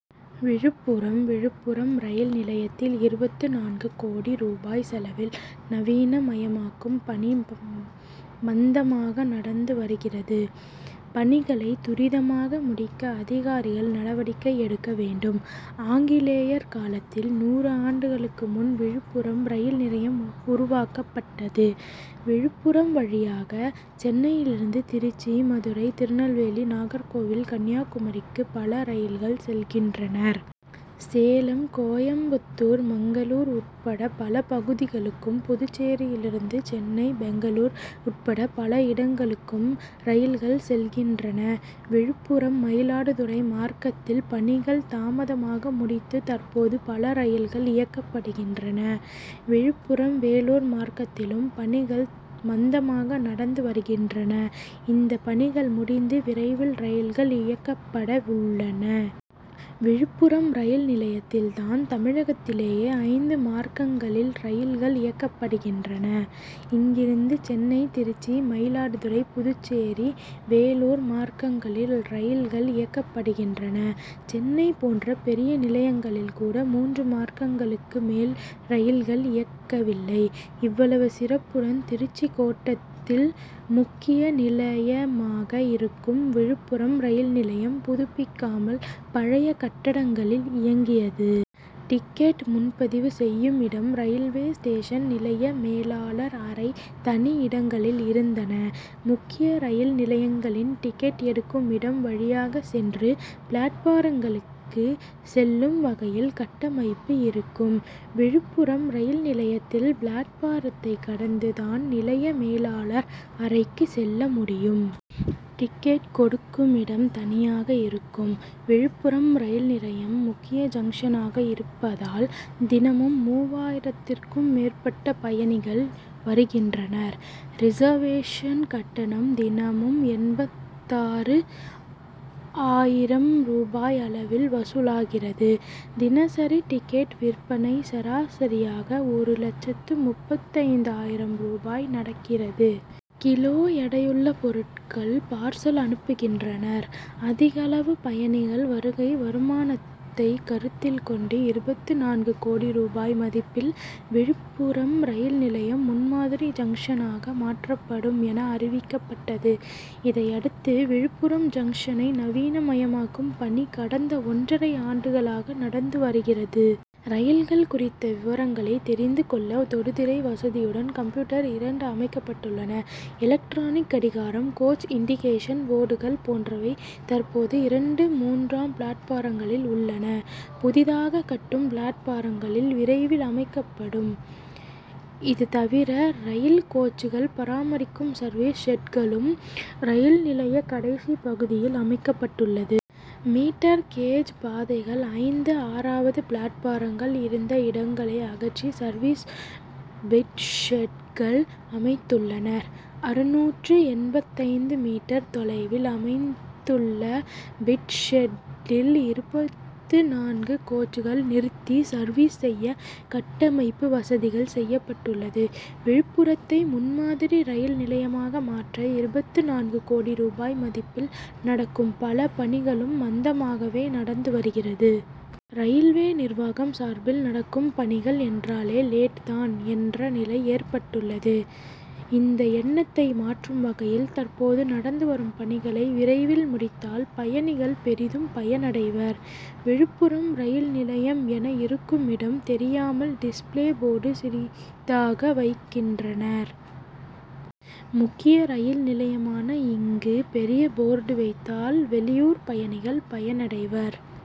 Villupuram Villupuram rail நிலையத்தில் இருபத்து நான்கு கோடி ரூபாய் செலவில் நவீன மயமாக்கும் பணி மந்தமாக நடந்து வருகிறது. பணிகளை துரிதமாக முடிக்க அதிகாரிகள் நடவடிக்கை எடுக்க வேண்டும். ஆங்கிலேயர் காலத்தில் நூறு ஆண்டுகளுக்கு முன் விழுப்புரம் ரயில் நிலையம் உருவாக்கப்பட்டது. விழுப்புரம் வழியாக சென்னையிலிருந்து திருச்சி மதுரை திருநெல்வேலி நாகர் கோவில் கன்னியாகுமரிக்கு பல ரயில்கள் செல்கின்றன. சேலம் கோயம்புத்தூர் மங்களூர் உட்பட பல பகுதிகளுக்கும் புதுச்சேரியிலிருந்து சென்னை பெங்களூரு உட்பட பல இடங்களுக்கும் ரயில்கள் செல்கின்றன. விழுப்புரம் மயிலாடுதுறை மார்க்கத்தில் பணிகள் தாமதமாக முடித்து தற்போது பல ரயில்கள் இயக்கப்படுகின்றன. விழுப்புரம் வேலூர் மார்க்கத்திலும் பணிகள் மந்தமாக நடந்து வருகின்றன. இந்த பணிகள் முடிந்து விரைவில் ரயில்கள் இயக்கப்பட உள்ளன. விழுப்புரம் ரயில் நிலையத்தில் தான் தமிழகத்திலேயே ஐந்து மார்க்கங்களில் ரயில்கள் இயக்கப்படுகின்றன. இங்கிருந்து சென்னை திருச்சி மயிலாடுதுறை புதுச்சேரி வேலூர் மார்க்கங்களில் ரயில்கள் இயக்கப்படுகின்றன. சென்னை போன்ற பெரிய நிலையங்களில் கூட மூன்று மார்க்கங்களுக்கு மேல் ரயில்கள் இயக்கவில்லை. இவ்வளவு சிறப்புடன் திருச்சி கோட்டத்தில் முக்கிய நிலையமாக இருக்கும் விழுப்புரம் ரயில் நிலையம் புதுப்பிக்காமல் பழைய கட்டடங்களில் இயங்கியது. டிக்கெட் முன்பதிவு செய்யுமிடம் ரயில்வே ஸ்டேஷன் நிலைய மேலாளர் அறை தனி இடங்களில் இருந்தன. முக்கிய ரயில் நிலையங்களின் டிக்கெட் எடுக்கும் இடம் வழியாக சென்று பிளாட்பாரங்களுக்கு செல்லும் வகையில் கட்டமைப்பு இருக்கும். விழுப்புரம் ரயில் நிலையத்தில் பிளாட்பாரத்தை கடந்து தான் நிலைய மேலாளர் அறைக்கு செல்ல முடியும். டிக்கெட் கொடுக்குமிடம் தனியாக இருக்கும். விழுப்புரம் ரயில் நிலையம் முக்கிய ஜங்ஷனாக இருப்பதால் தினமும் மூவாயிரத்திற்கும் மேற்பட்ட பயணிகள் வருகின்றனர். ரிசர்வேஷன் கட்டணம் தினமும் எண்பத்தாறு ஆயிரம் ரூபாய் அளவில் வசூலாகிறது. தினசரி டிக்கெட் விற்பனை சராசரியாக ஒரு லட்சத்து முப்பத்தைந்து ஆயிரம் ரூபாய் நடக்கிறது. கிலோ எடையுள்ள பொருட்கள் பார்சல் அனுப்புகின்றனர். அதிகளவு பயணிகள் வருகை வருமானத்தை கருத்தில் கொண்டு இருபத்து நான்கு கோடி ரூபாய் மதிப்பில் விழுப்புரம் ரயில் நிலையம் முன்மாதிரி ஜங்ஷனாக மாற்றப்படும் என அறிவிக்கப்பட்டது. இதையடுத்து விழுப்புரம் ஜங்ஷனை நவீன மயமாக்கும் பணி கடந்த ஒன்னரை ஆண்டுகளாக நடந்து வருகிறது. ரயில்கள் குறித்த விவரங்களை தெரிந்து கொள்ள தொடுதிரை வசதியுடன் கம்ப்யூட்டர் இரண்டு அமைக்கப்பட்டுள்ளன. எலக்ட்ரானிக் கடிகாரம் கோச் இன்டிகேஷன் போர்டுகள் போன்றவை தற்போது இரண்டு மூன்றாம் பிளாட்பாரங்களில் உள்ளன. புதிதாக கட்டும் பிளாட்பாரங்களில் விரைவில் அமைக்கப்படும். இது தவிர ரயில் கோச்சுகள் பராமரிக்கும் சர்வீஸ் ஷெட்களும் ரயில் நிலைய கடைசி பகுதியில் அமைக்கப்பட்டுள்ளது. மீட்டர் கேஜ் பாதைகள் ஐந்து ஆறாவது பிளாட்பாரங்கள் இருந்த இடங்களை அகற்றி சர்வீஸ் பிட் ஷெட்கள் அமைத்துள்ளனர். அறுநூற்று எண்பத்தைந்து மீட்டர் தொலைவில் அமைத்துள்ள பிட் ஷெட்டில் இருபத்து நான்கு கோச்சுகள் நிறுத்தி சர்வீஸ் செய்ய கட்டமைப்பு வசதிகள் செய்யப்பட்டுள்ளது. விழுப்புரத்தை முன்மாதிரி ரயில் நிலையமாக மாற்ற இருபத்து நான்கு கோடி ரூபாய் மதிப்பில் நடக்கும் பல பணிகளும் மந்தமாகவே நடந்து வருகிறது. ரயில்வே நிர்வாகம் சார்பில் நடக்கும் பணிகள் என்றாலே லேட் தான் என்ற நிலை ஏற்பட்டுள்ளது. இந்த எண்ணத்தை மாற்றும் வகையில் தற்போது நடந்து வரும் பணிகளை விரைவில் முடித்தால் பயணிகள் பெரிதும் பயனடைவர். விழுப்புரம் ரயில் நிலையம் என இருக்குமிடம் தெரியாமல் டிஸ்பிளே போர்டு சிறிதாக வைக்கின்றனர். முக்கிய ரயில் நிலையமான இங்கு பெரிய போர்டு வைத்தால் வெளியூர் பயணிகள் பயனடைவர்.